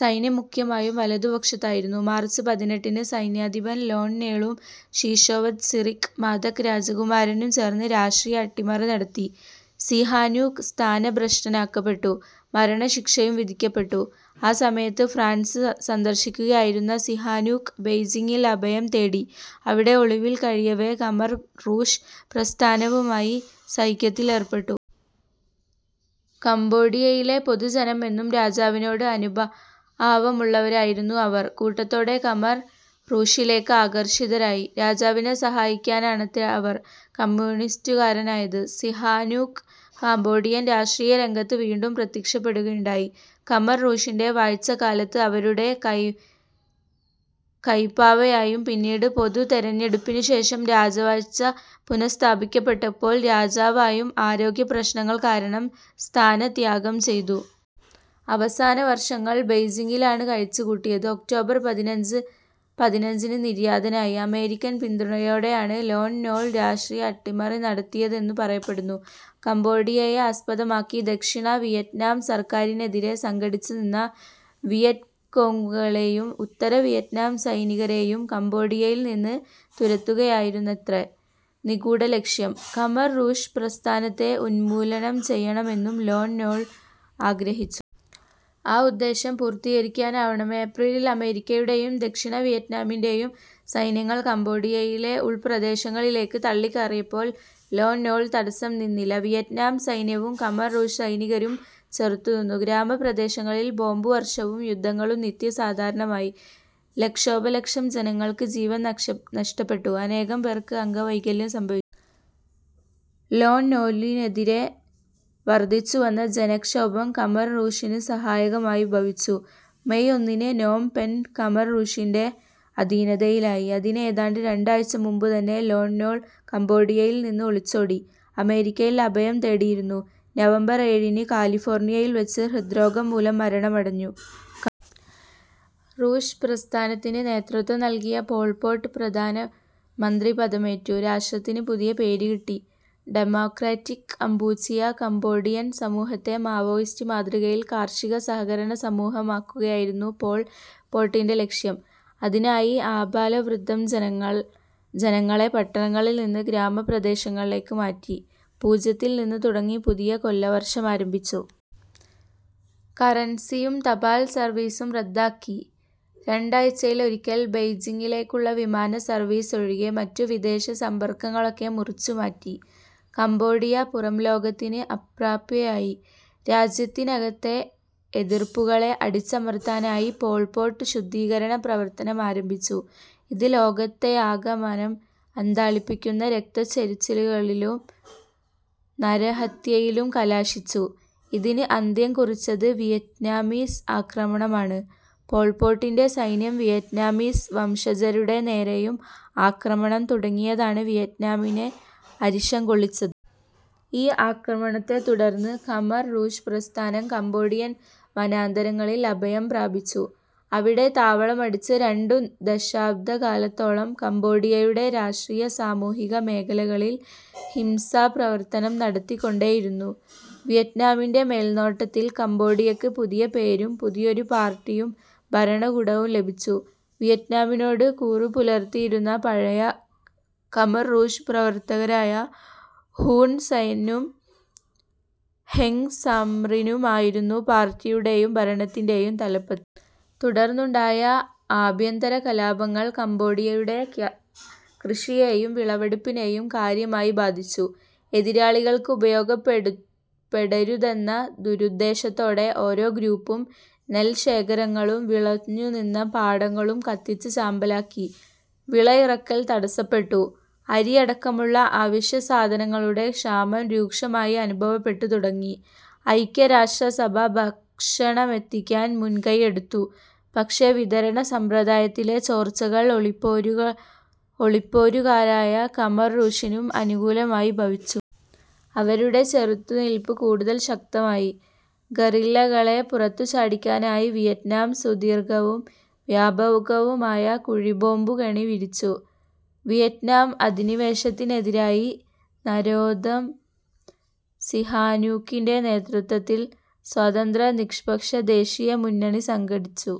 സൈന്യം മുഖ്യമായും വലതുപക്ഷത്തായിരുന്നു. മാർച്ച് പതിനെട്ടിന് സൈന്യാധിപൻ ലോൺ നോളും ശിശോവത് സിറിക് മാതക് രാജകുമാരനും ചേർന്ന് രാഷ്ട്രീയ അട്ടിമറി നടത്തി. സിഹാനൂക് സ്ഥാനഭ്രഷ്ടനാക്കപ്പെട്ടു, മരണശിക്ഷയും വിധിക്കപ്പെട്ടു. ആ സമയത്ത് ഫ്രാൻസ് സന്ദർശിക്കുകയായിരുന്ന സിഹാനൂക് ബെയ്ജിങ്ങിൽ അഭയം തേടി. അവിടെ ഒളിവിൽ കഴിയവെ, ഖമർ റൂഷ് പ്രസ്ഥാനവുമായി സഖ്യത്തിലേർപ്പെട്ടു. കംബോഡിയയിലെ പൊതുജനം എന്നും രാജാവിനോട് അനുഭാവമുള്ളവരായിരുന്നു. അവർ കൂട്ടത്തോടെ ഖമർ റൂഷിലേക്ക് ആകർഷിതരായി. രാജാവിനെ സഹായിക്കാനാണത്രെ അവർ കമ്യൂണിസ്റ്റുകാരായത്. സിഹാനൂക് കംബോഡിയൻ രാഷ്ട്രീയ രംഗത്ത് വീണ്ടും പ്രത്യക്ഷപ്പെടുകയുണ്ടായി. ഖമർ റൂഷിൻ്റെ വാഴ്ചക്കാലത്ത് അവരുടെ കൈപ്പാവയായും പിന്നീട് പൊതുതെരഞ്ഞെടുപ്പിനു ശേഷം രാജവാഴ്ച പുനഃസ്ഥാപിക്കപ്പെട്ടപ്പോൾ രാജാവായും. ആരോഗ്യപ്രശ്നങ്ങൾ കാരണം സ്ഥാനത്യാഗം ചെയ്തു. അവസാന വർഷങ്ങൾ ബെയ്ജിങ്ങിലാണ് കഴിച്ചുകൂട്ടിയത്. ഒക്ടോബർ പതിനഞ്ചിന് നിര്യാതനായി. അമേരിക്കൻ പിന്തുണയോടെയാണ് ലോൺ നോൾ രാഷ്ട്രീയ അട്ടിമറി നടത്തിയതെന്നു പറയപ്പെടുന്നു. കംബോഡിയയെ ആസ്പദമാക്കി ദക്ഷിണ വിയറ്റ്നാം സർക്കാറിനെതിരെ സംഘടിച്ചുനിന്ന വിയറ്റ്കോംഗുകളേയും ഉത്തരവിയറ്റ്നാം സൈനികരേയും കംബോഡിയയിൽ നിന്ന് തുരത്തുകയായിരുന്നത്രെ നിഗൂഢ ലക്ഷ്യം. ഖമർ റൂഷ് പ്രസ്ഥാനത്തെ ഉന്മൂലനം ചെയ്യണമെന്നും ലോൺ നോൾ ആഗ്രഹിച്ചു. ആ ഉദ്ദേശ്യം പൂർത്തീകരിക്കാനാവണം ഏപ്രിലിൽ അമേരിക്കയുടെയും ദക്ഷിണ വിയറ്റ്നാമിൻ്റെ യും സൈന്യങ്ങൾ കംബോഡിയയിലെ ഉൾപ്രദേശങ്ങളിലേക്ക് തള്ളിക്കയറിയപ്പോൾ ലോൺ നോൾ തടസ്സം നിന്നില്ല. വിയറ്റ്നാം സൈന്യവും ഖമർ റൂഷ് സൈനികരും ചെറുത്തുനിന്നു. ഗ്രാമപ്രദേശങ്ങളിൽ ബോംബുവർഷവും യുദ്ധങ്ങളും നിത്യസാധാരണമായി. ലക്ഷോപലക്ഷം ജനങ്ങൾക്ക് ജീവൻ നഷ്ടപ്പെട്ടു, അനേകം പേർക്ക് അംഗവൈകല്യം സംഭവിച്ചു. ലോൺ നോലിനെതിരെ വർധിച്ചുവന്ന ജനക്ഷോഭം ഖമർ റൂഷിന് സഹായകമായി ഭവിച്ചു. മേയ് ഒന്നിന് നോം പെൻ ഖമർ റൂഷിൻ്റെ അധീനതയിലായി. അതിന് ഏതാണ്ട് രണ്ടാഴ്ച മുമ്പുതന്നെ ലോൺ നോൾ കംബോഡിയയിൽ നിന്ന് ഒളിച്ചോടി, അമേരിക്കയിൽ അഭയം തേടിയിരുന്നു. നവംബർ ഏഴിന് കാലിഫോർണിയയിൽവച്ച് ഹൃദ്രോഗം മൂലം മരണമടഞ്ഞു. ഖമർ റൂഷ് പ്രസ്ഥാനത്തിന് നേതൃത്വം നൽകിയ പോൾ പോട്ട് പ്രധാനമന്ത്രിപദമേറ്റു. രാഷ്ട്രത്തിന് പുതിയ പേര് കിട്ടി, ഡമോക്രാറ്റിക് കംപൂച്ചിയ. കംബോഡിയൻ സമൂഹത്തെ മാവോയിസ്റ്റ് മാതൃകയിൽ കാർഷിക സഹകരണ സമൂഹമാക്കുകയായിരുന്നു പോൾ പോട്ടിൻ്റെ ലക്ഷ്യം. അതിനായി ആബാലവൃദ്ധം ജനങ്ങളെ പട്ടണങ്ങളിൽ നിന്ന് ഗ്രാമപ്രദേശങ്ങളിലേക്ക് മാറ്റി. പൂജ്യത്തിൽ നിന്ന് തുടങ്ങി പുതിയ കൊല്ലവർഷമാരംഭിച്ചു. കറൻസിയും തപാൽ സർവീസും റദ്ദാക്കി. രണ്ടാഴ്ചയിലൊരിക്കൽ ബെയ്ജിങ്ങിലേക്കുള്ള വിമാനസർവീസ് ഒഴികെ മറ്റു വിദേശസമ്പർക്കങ്ങളൊക്കെ മുറിച്ചുമാറ്റി. കംബോഡിയ പുറംലോകത്തിന് അപ്രാപ്യയായി. രാജ്യത്തിനകത്തെ എതിർപ്പുകളെ അടിച്ചമർത്താനായി പോൾ പോട്ട് ശുദ്ധീകരണ പ്രവർത്തനമാരംഭിച്ചു. ഇത് ലോകത്തെയാകമാനം അന്ധാളിപ്പിക്കുന്ന രക്തച്ചൊരിച്ചിലിലും നരഹത്യയിലും കലാശിച്ചു. ഇതിന് അന്ത്യം കുറിച്ചത് വിയറ്റ്നാമീസ് ആക്രമണമാണ്. പോൾ പോട്ടിൻ്റെ സൈന്യം വിയറ്റ്നാമീസ് വംശജരുടെ നേരേയും ആക്രമണം തുടങ്ങിയതാണ് വിയറ്റ്നാമിനെ അരിശം കൊള്ളിച്ചത്. ഈ ആക്രമണത്തെത്തുടർന്ന് ഖമർ റൂഷ് പ്രസ്ഥാനം കംബോഡിയൻ വനാന്തരങ്ങളിൽ അഭയം പ്രാപിച്ചു. അവിടെ താവളമടിച്ച് രണ്ടു ദശാബ്ദക്കാലത്തോളം കംബോഡിയയുടെ രാഷ്ട്രീയ, സാമൂഹിക മേഖലകളിൽ ഹിംസാപ്രവർത്തനം നടത്തിക്കൊണ്ടേയിരുന്നു. വിയറ്റ്നാമിൻ്റെ മേൽനോട്ടത്തിൽ കംബോഡിയക്ക് പുതിയ പേരും പുതിയൊരു പാർട്ടിയും ഭരണകൂടവും ലഭിച്ചു. വിയറ്റ്നാമിനോട് കൂറുപുലർത്തിയിരുന്ന പഴയ ഖമർ റൂഷ് പ്രവർത്തകരായ ഹുൺ സെന്നും ഹെങ് സമ്രിനും ആയിരുന്നു പാർട്ടിയുടെയും ഭരണത്തിൻ്റെ യും തലപ്പത്ത്. തുടർന്നുണ്ടായ ആഭ്യന്തരകലാപങ്ങൾ കംബോഡിയയുടെ കൃഷിയേയും വിളവെടുപ്പിനേയും കാര്യമായി ബാധിച്ചു. എതിരാളികൾക്ക് ഉപയോഗപ്പെടരുതെന്ന ദുരുദ്ദേശത്തോടെ ഓരോ ഗ്രൂപ്പും നെൽശേഖരങ്ങളും വിളഞ്ഞുനിന്ന പാടങ്ങളും കത്തിച്ച് ചാമ്പലാക്കി. വിളയിറക്കൽ തടസ്സപ്പെട്ടു. അരിയടക്കമുള്ള അവശ്യസാധനങ്ങളുടെ ക്ഷാമം രൂക്ഷമായി അനുഭവപ്പെട്ടു തുടങ്ങി. ഐക്യരാഷ്ട്രസഭ ഭക്ഷണമെത്തിക്കാൻ മുൻകൈയെടുത്തു. പക്ഷേ വിതരണ സമ്പ്രദായത്തിലെ ചോർച്ചകൾ ഒളിപ്പോരുകാരായ ഖമർ റൂഷിനും അനുകൂലമായി ഭവിച്ചു. അവരുടെ ചെറുത്തുനിൽപ്പ് കൂടുതൽ ശക്തമായി. ഗറില്ലകളെ പുറത്തുചാടിക്കാനായി വിയറ്റ്നാം സുദീർഘവും വ്യാപകവുമായ കുഴി ബോംബുകെണി വിരിച്ചു. വിയറ്റ്നാം അധിനിവേശത്തിനെതിരായി നരോദം സിഹാനൂക്കിൻ്റെ നേതൃത്വത്തിൽ സ്വതന്ത്ര, നിഷ്പക്ഷ ദേശീയ മുന്നണി സംഘടിച്ചു.